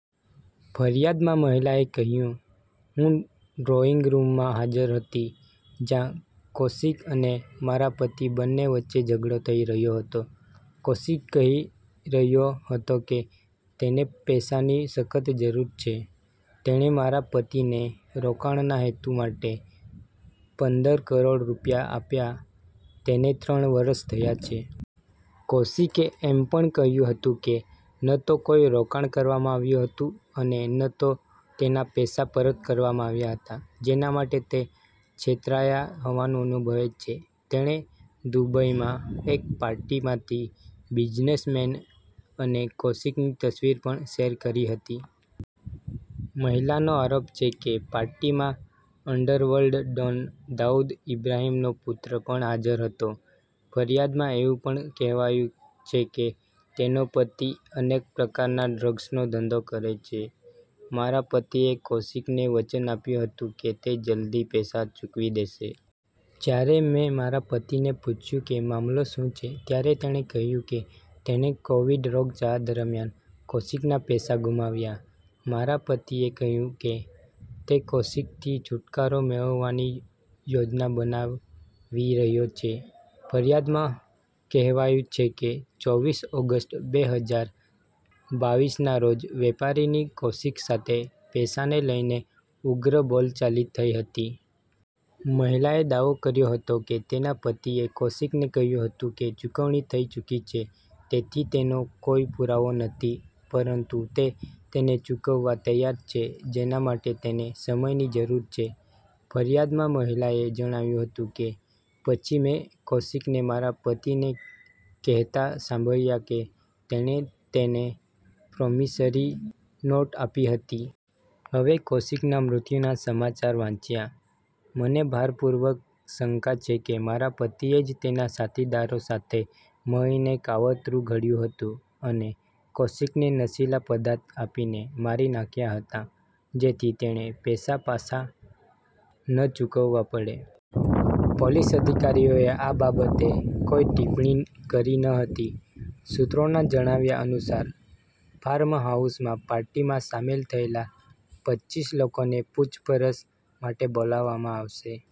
ફરિયાદમાં મહિલાએ કહ્યું- હું ડ્રોઈંગ રૂમમાં હાજર હતી જ્યાં કૌશિક અને મારા પતિ બંને વચ્ચે ઝઘડો થઈ રહ્યો હતો. કૌશિક કહી રહ્યો હતો કે તેને પૈસાની સખત જરૂર છે. તેણે મારા પતિને રોકાણના હેતુ માટે પંદર કરોડ રૂપિયા આપ્યા તેને ત્રણ વર્ષ થયા છે. કૌશિકે એમ પણ કહ્યું હતું કે, ન તો કોઈ રોકાણ કરવામાં આવ્યું હતું અને ન તો તેના પૈસા પરત કરવામાં આવ્યા હતા, જેના માટે તે છેતરાયા હોવાનું અનુભવે છે. તેણે દુબઈમાં એક પાર્ટીમાંથી બિઝનેસમેન અને કૌશિકની તસવીર પણ શેર કરી હતી. મહિલાનો આરોપ છે કે, પાર્ટીમાં અંડરવર્લ્ડ ડોન દાઉદ ઈબ્રાહિમનો પુત્ર પણ હાજર હતો. ફરિયાદમાં એવું પણ કહેવાયું છે કે, તેનો પતિ અનેક પ્રકારના ડ્રગ્સનો ધંધો કરે છે. મારા પતિએ કૌશિકને વચન આપ્યું હતું કે તે જલ્દી પૈસા ચૂકવી દેશે. જ્યારે મેં મારા પતિને પૂછ્યું કે મામલો શું છે, ત્યારે તેણે કહ્યું કે તેણે કોવિડ રોગચાળા દરમિયાન કૌશિકના પૈસા ગુમાવ્યા. મારા પતિએ કહ્યું કે તે કૌશિકથી છૂટકારો મેળવવાની યોજના બનાવી રહ્યો છે. ફરિયાદમાં કહેવાયું છે કે, ચોવીસ ઓગસ્ટ બે હજાર બાવીસના રોજ વેપારીની કૌશિક સાથે પૈસાને લઈને ઉગ્ર બોલાચાલી થઈ હતી. મહિલાએ દાવો કર્યો હતો કે તેના પતિએ કૌશિકને કહ્યું હતું કે ચૂકવણી થઈ ચૂકી છે, તેથી તેનો કોઈ પુરાવો નથી, પરંતુ તે તેને ચૂકવવા તૈયાર છે, જેના માટે તેને સમયની જરૂર છે. ફરિયાદમાં મહિલાએ જણાવ્યું હતું કે, "પછી મેં કૌશિકને મારા પતિને કહેતા સાંભળ્યા કે તેણે તેને પ્રોમિસરી નોટ આપી હતી. હવે કૌશિકના મૃત્યુના સમાચાર વાંચ્યા. મને ભારપૂર્વક શંકા છે કે મારા પતિએ જ તેના સાથીદારો સાથે મળીને કાવતરું ઘડ્યું હતું અને કૌશિકને નશીલા પદાર્થ આપીને મારી નાખ્યા હતા. જેથી તેણે પૈસા પાછા ન ચૂકવવા પડે. પોલીસ અધિકારીઓએ આ બાબતે કોઈ ટિપ્પણી કરી ન હતી. સૂત્રોના જણાવ્યા અનુસાર ફાર્મહાઉસમાં પાર્ટીમાં સામેલ થયેલા પચ્ચીસ લોકોને પૂછપરછ માટે બોલાવવામાં આવશે.